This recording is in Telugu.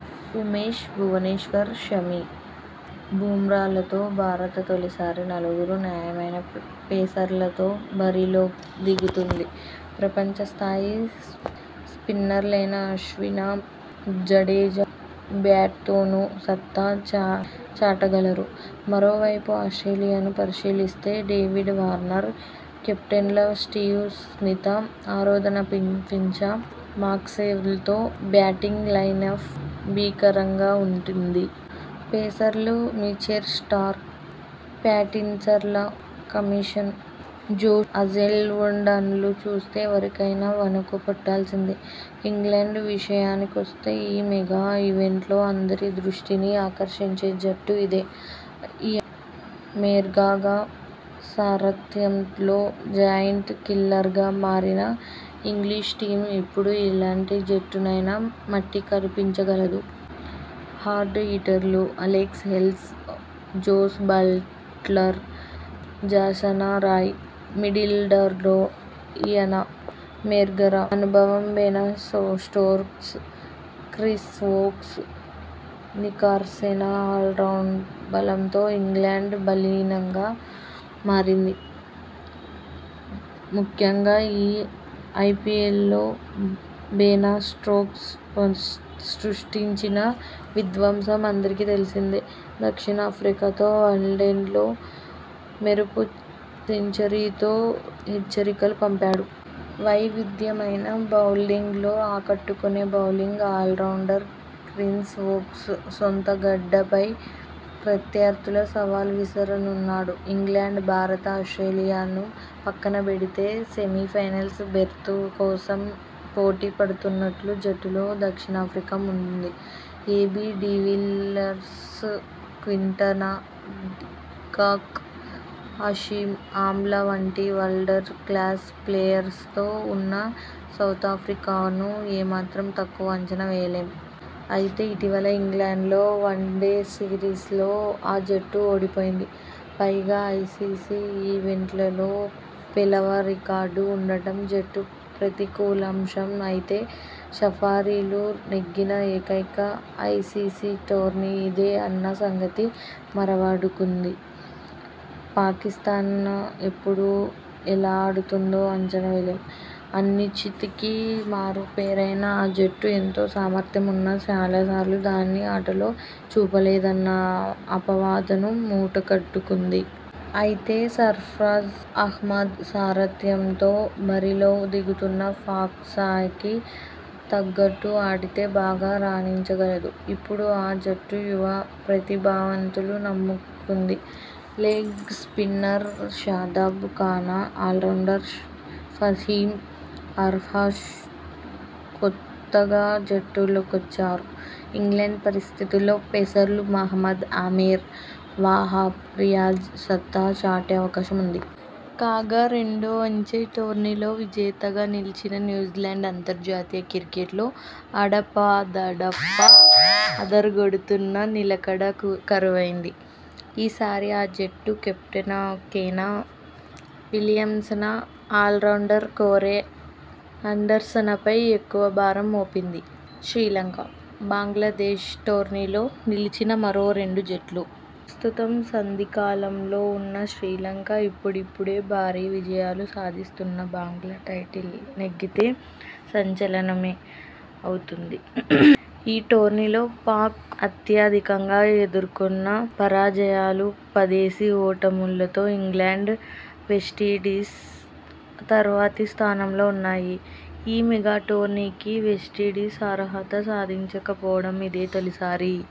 ఉమేష్, భువనేశ్వర్, షమి, బుమ్రాలతో భారత తొలిసారి నలుగురు నాణ్యమైన పేసర్లతో బరిలోకి దిగుతోంది. ప్రపంచ స్థాయి స్పిన్నర్లయిన అశ్విన, జడేజా బ్యాట్తోనూ సత్తా చాటగలరు. మరోవైపు ఆస్ట్రేలియాను పరిశీలిస్తే David Warner, captain Steve Smith, Aaron Finch, మాక్స్వెల్తో బ్యాటింగ్ లైనప్ భీకరంగా ఉంది. పేసర్లు మిచెల్ స్టార్క్, ప్యాటిన్సన, కమిన్స, జోష్ హాజెల్వుడ్లను చూస్తే ఎవరికైనా వణుకు పుట్టాల్సిందే. ఇంగ్లండ్ విషయానికొస్తే ఈ మెగా ఈవెంట్లో అందరి దృష్టినీ ఆకర్షించే జట్టు అదే. ఇయాన మోర్గాన సారథ్యంలో జెయింట్ కిల్లర్గా మారిన ఇంగ్లిష్ టీమ్ ఇప్పుడు ఎలాంటి జట్టునైనా మట్టికరిపించగలదు. హార్డ్ హిట్టర్లు Alex Hales, Jos Buttler, Jason Roy, మిడిలార్డర్లో ఇయాన మోర్గాన అనుభవం బెన స్టోక్స్, క్రిస్ వోక్స్ నిఖార్సైన ఆల్రౌండ్ బలంతో ఇంగ్లండ్ బలీయంగా మారింది. ముఖ్యంగా ఈ ఐపీఎల్లో బెన స్టోక్స్ సృష్టించిన విధ్వంసం అందరికీ తెలిసిందే. దక్షిణాఫ్రికాతో వన్డేలో మెరుపు సెంచరీతో హెచ్చరికలు పంపాడు. వైవిధ్యమైన బౌలింగ్తో ఆకట్టుకునే బౌలింగ్ ఆల్రౌండర్ క్రిస్ వోక్స్ సొంత గడ్డపై ప్రత్యర్థులకు సవాల్ విసరనున్నాడు. ఇంగ్లండ్, భారత, ఆస్ట్రేలియాను పక్కనబెడితే సెమీఫైనల్ బెర్తు కోసం పోటీ పడుతున్న జట్లలో దక్షిణాఫ్రికా ముందుంది. AB de Villiers, Quinton de Kock, Hashim Amla వంటి వరల్డ్ క్లాస్ ప్లేయర్లతో ఉన్న సౌతాఫ్రికాను ఏ మాత్రం తక్కువ అంచనా వేయలేం. అయితే, ఇటీవలే ఇంగ్లండ్తో వన్డే సిరీ్సలో ఆ జట్టు ఓడిపోయింది. పైగా ఐసీసీ ఈవెంట్లలో పేలవ రికార్డు ఉండడం జట్టుకు ప్రతికూలాంశం. అయితే, సఫారీలు నెగ్గిన ఏకైక ఐసీసీ టోర్నీ ఇదే అన్న సంగతి మరవకూడదు. పాకిస్థాన ఎప్పుడు ఎలా ఆడుతుందో అంచనా వేయలేం. అనిశ్చితికి మారుపేరైన ఆ జట్టు ఎంతో సామర్థ్యం ఉన్నా చాలాసార్లు దాన్ని ఆటలో చూపలేదన్న అపవాదును మూటగట్టుకుంది. అయితే, సర్ఫ్రాజ్ అహ్మద్ సారథ్యంలో బరిలోకి దిగుతున్న పాక్ స్థాయికి తగ్గట్టు ఆడితే బాగా రాణించగలదు. ఇప్పుడు ఆ జట్టు యువ ప్రతిభావంతులను నమ్ముకుంది. Leg spinner Shadab Khan, allrounder Faheem అర్షఫ్ కొత్తగా జట్టులోకొచ్చారు. ఇంగ్లండ్ పరిస్థితుల్లో పేసర్లు మహమ్మద్ ఆమెర్, వాహబ్ రియాజ్ సత్తా చాటే అవకాశం ఉంది. కాగా, రెండో అంచె టోర్నీ లో విజేతగా నిలిచిన న్యూజిలాండ్ అంతర్జాతీయ క్రికెట్లో అడపాదడపా అదరగొడుతున్నా నిలకడ కరువైంది. ఈ సారి ఆ జట్టు కెప్టెన కేన విలియమ్సన, ఆల్రౌండర్ కోరె అండర్సనపై ఎక్కువ భారం మోపింది. శ్రీలంక, బంగ్లాదేశ టోర్నీలో నిలిచిన మరో రెండు జట్లు. ప్రస్తుతం సంధికాలం లో ఉన్న శ్రీలంక, ఇప్పుడిప్పుడే భారీ విజ యాలు సాధిస్తున్న బంగ్లా టైటిల్ నెగ్గితే సంచలనమే అవుతుంది. ఈ టోర్నీలో పాక్ అత్యధికంగా ఎదుర్కొన్న పరాజయాలు. పదేసి ఓటములతో ఇంగ్లండ్, వెస్టిండీస్ తర్వాతి స్థానంలో ఉన్నాయి. ఈ మెగా టోర్నీకి వెస్టిండీస్ అర్హత సాధించకపోవడం ఇదే తొలిసారి.